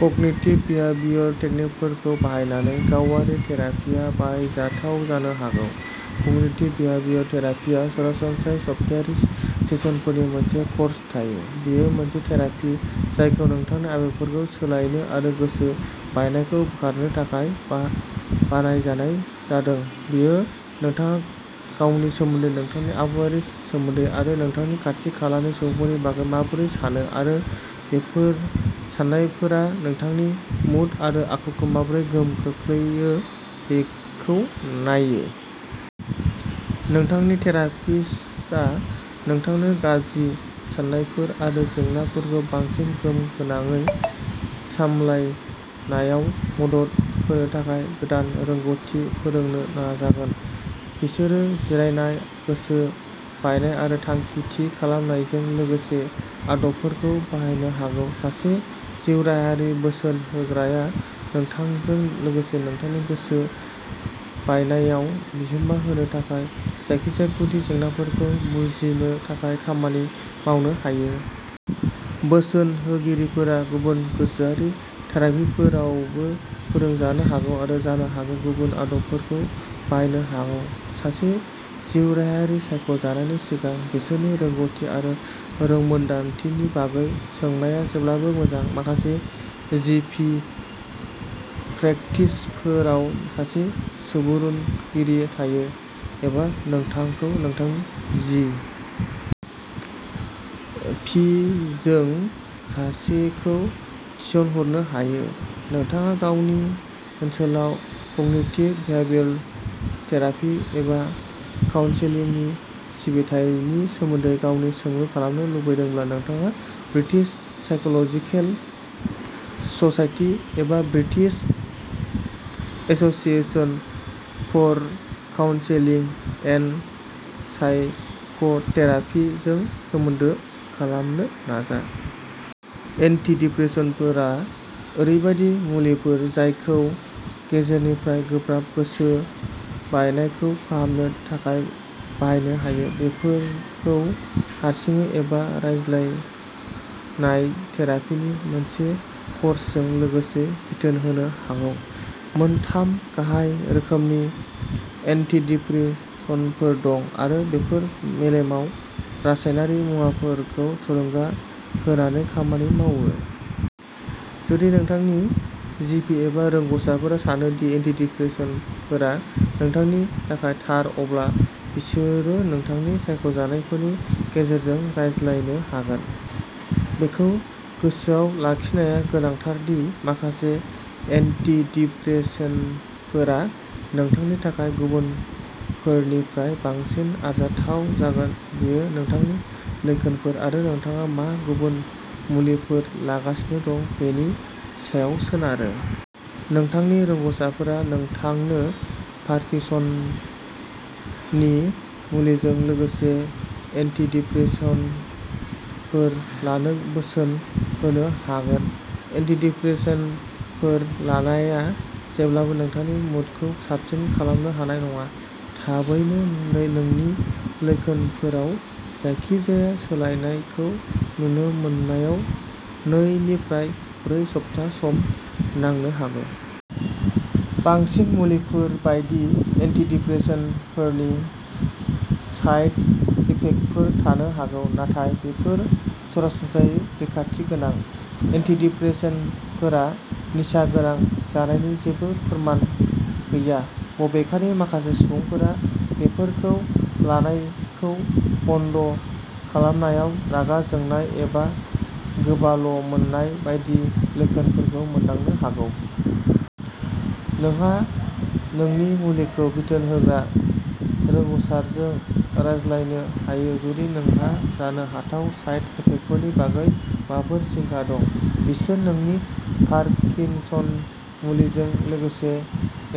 Cognitive behavioural टेकनिकफोरखौ बाहायनानै गावारि थेरापीआ बाहायजाथाव जानो हागौ। कग्निटिभ बिहेवियरल थेरापीआव सरासनस्रायै सप्तायारि सेसनफोरनि मोनसे कर्स थायो। बेयो मोनसे थेरापी जायखौ नोंथांनि आबेगफोरखौ सोलायनो आरो गोसो बायनायखौ बोखारनो थाखाय बा बानायजानाय जादों। बेयो नोंथाङा गावनि सोमोन्दै, नोंथांनि आबहावानि सोमोन्दै आरो नोंथांनि खाथि-खालानि सुबुंफोरनि बागै माबोरै सानो, आरो बेफोर साननायफोरा नोंथांनि मुड आरो आखुखौ माबोरै गोहोम खोख्लैयो बेखौ नायो। नोंथांनि थेरापिस्टआ नोंथांनो गाज्रि साननायफोर आरो जेंनाफोरखौ बांसिन गोहोम गोनाङै सामलायनायाव मदद होनो थाखाय गोदान रोंग'थि फोरोंनो नाजागोन। बिसोरो जिरायनाय, गोसो बायनाय आरो थांखि थि खालामनायजों लोगोसे आदबफोरखौ बाहायनो हागौ। सासे जिउराहायारि बोसोन होग्राया नोंथांजों लोगोसे नोंथांनि गोसो बायनायाव बिहोमा होनो हानाय जायखिजाया गुदि जेंनाफोरखौ बुजिनो थाखाय खामानि मावनो हायो। बोसोन होगिरिफोरा गुबुन गोसोआरि थेरापीफोरावबो फोरोंजानो हागौ आरो जानो हागौ गुबुन आदबफोरखौ बाहायनो हागौ। सासे जिउराहायारि सायख'नायनि सिगां, बिसोरनि रोंग'थि आरो रोंमोनदांथिनि बागै सोंनाया जेब्लाबो मोजां। माखासे जि. पि. प्रेक्टिसफोराव सासे सुबुरुनगिरि थायो, एबा नोंथांखौ नोंथांनि जि. पि. जों सासेखौ थिनहरनो हायो। नोंथाङा गावनि ओनसोलाव कग्निटिभ बिहेवियर थेरापि एबा काउन्सेलिं सिबिथायनि सोमोन्दै गावनि सोंलु खालामनो लुबैदोंब्ला, नोंथाङा ब्रिटिश साइक'लजिकेल ससाइटि एबा British association for counselling and psychotherapy जों सोमोन्दो खालामनो नाजा। एन्टिडिप्रेसेन्टफोरा ओरैबायदि मुलिफोर जायखौ गेजेरनिफ्राय गोब्राब गोसो बायनायखौ फाहामनो थाखाय बाहायनो हायो। बेफोरखौ हारसिङै एबा रायज्लायनाय थेरापिनि मोनसे कर्सजों लोगोसे बिथोन होनो हागौ। मोन थाम गाहाय रोखोमनि एन्टिडिप्रेसेन्टफोर दं, आरो बेफोर मेलेमाव रासायनारि मुवाफोरखौ थुलुंगा होनानै खामानि मावो। जुदि नोंथांनि जि. पि. एबा रोंग'साफोरा सानो दि एन्टिडिप्रेसेन्टफोरा नोंथांनि थाखाय थार, अब्ला बिसोरो नोंथांनि सायख'नायफोरनि गेजेरजों रायज्लायनो हागोन। बेखौ गोसोआव लाखिनाया गोनांथार दि माखासे एन्टिडिप्रेसेन्टफोरा नोंथांनि थाखाय गुबुनफोरनिख्रुइ बांसिन आरजाथाव जागोन बेयो नोंथांनि लैखोनफोर आरो नोंथाङा मा गुबुन मुलिफोर लागासिनो दं बेनि सायाव सोनारो। नोंथांनि रोंग'साफोरा नोंथांनो पार्किनसननि मुलिजों लोगोसे एन्टिडिप्रेसेन्टफोर लानो बोसोन होनो हागोन। एन्टिडिप्रेसेन्टफोर लानाया जेब्लाबो नोंथांनि मुडखौ साबसिन खालामनो हानाय नङा। थाबैनो नोंनि लैखोनफोराव जायखिजाया सोलायनायखौ नुनो मोननायाव नै निफ्राय ब्रै सप्ता सम नांनो हागौ। बांसिन मुलिफोर बायदि, एन्टिदिप्रेसेन्टफोरनि साइड इफेक्टफोर थानो हागौ, नाथाय बेफोर सरासनस्रायै रैखाथि गोनां। एन्टिदिप्रेसेन्टफोरा निसा गोनां जानायनि जेबो फोरमान गैया, बबेखानि माखासे सुबुंफोरा बेफोरखौ लानायखौ बन्द खालामनायाव रागा जोंनाय एबा गोबाल'मोननाय बायदि लैखोनफोरखौ मोनदांनो हागौ। नोंहा नोंनि मुलिखौ बिथोन होग्रा रोंग'सारजों रायज्लायनो हायो जुदि नोंहा जानो हाथाव साइड इफेक्टफोरनि बागै माबाफोर जिंगा दं। बिसोर नोंनि पार्किनसन मुलिजों लोगोसे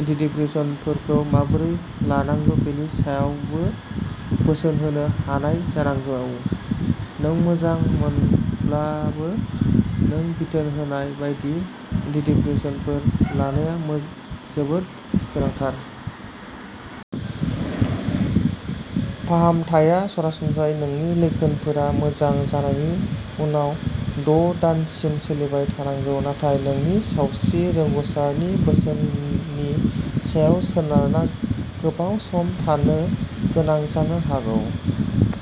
एन्टिदिप्रेसेन्टफोरखौ माबोरै लानांगौ बेनि सायावबो बोसोन होनो हानाय जानांगौ। नों मोजां मोनब्लाबो, नों बिथोन होनाय बायदि एन्टिदिप्रेसेन्टफोर लानाया जोबोद गोनांथार। फाहामथाया सरासनस्रायै नोंनि लैखोनफोरा मोजां जानायनि उनाव द' दानसिम सोलिबाय थानांगौ, नाथाय नोंनि सावस्रि रोंग'सारनि बोसोननि सायाव सोनारना गोबाव सम थानो गोनां जानो हागौ।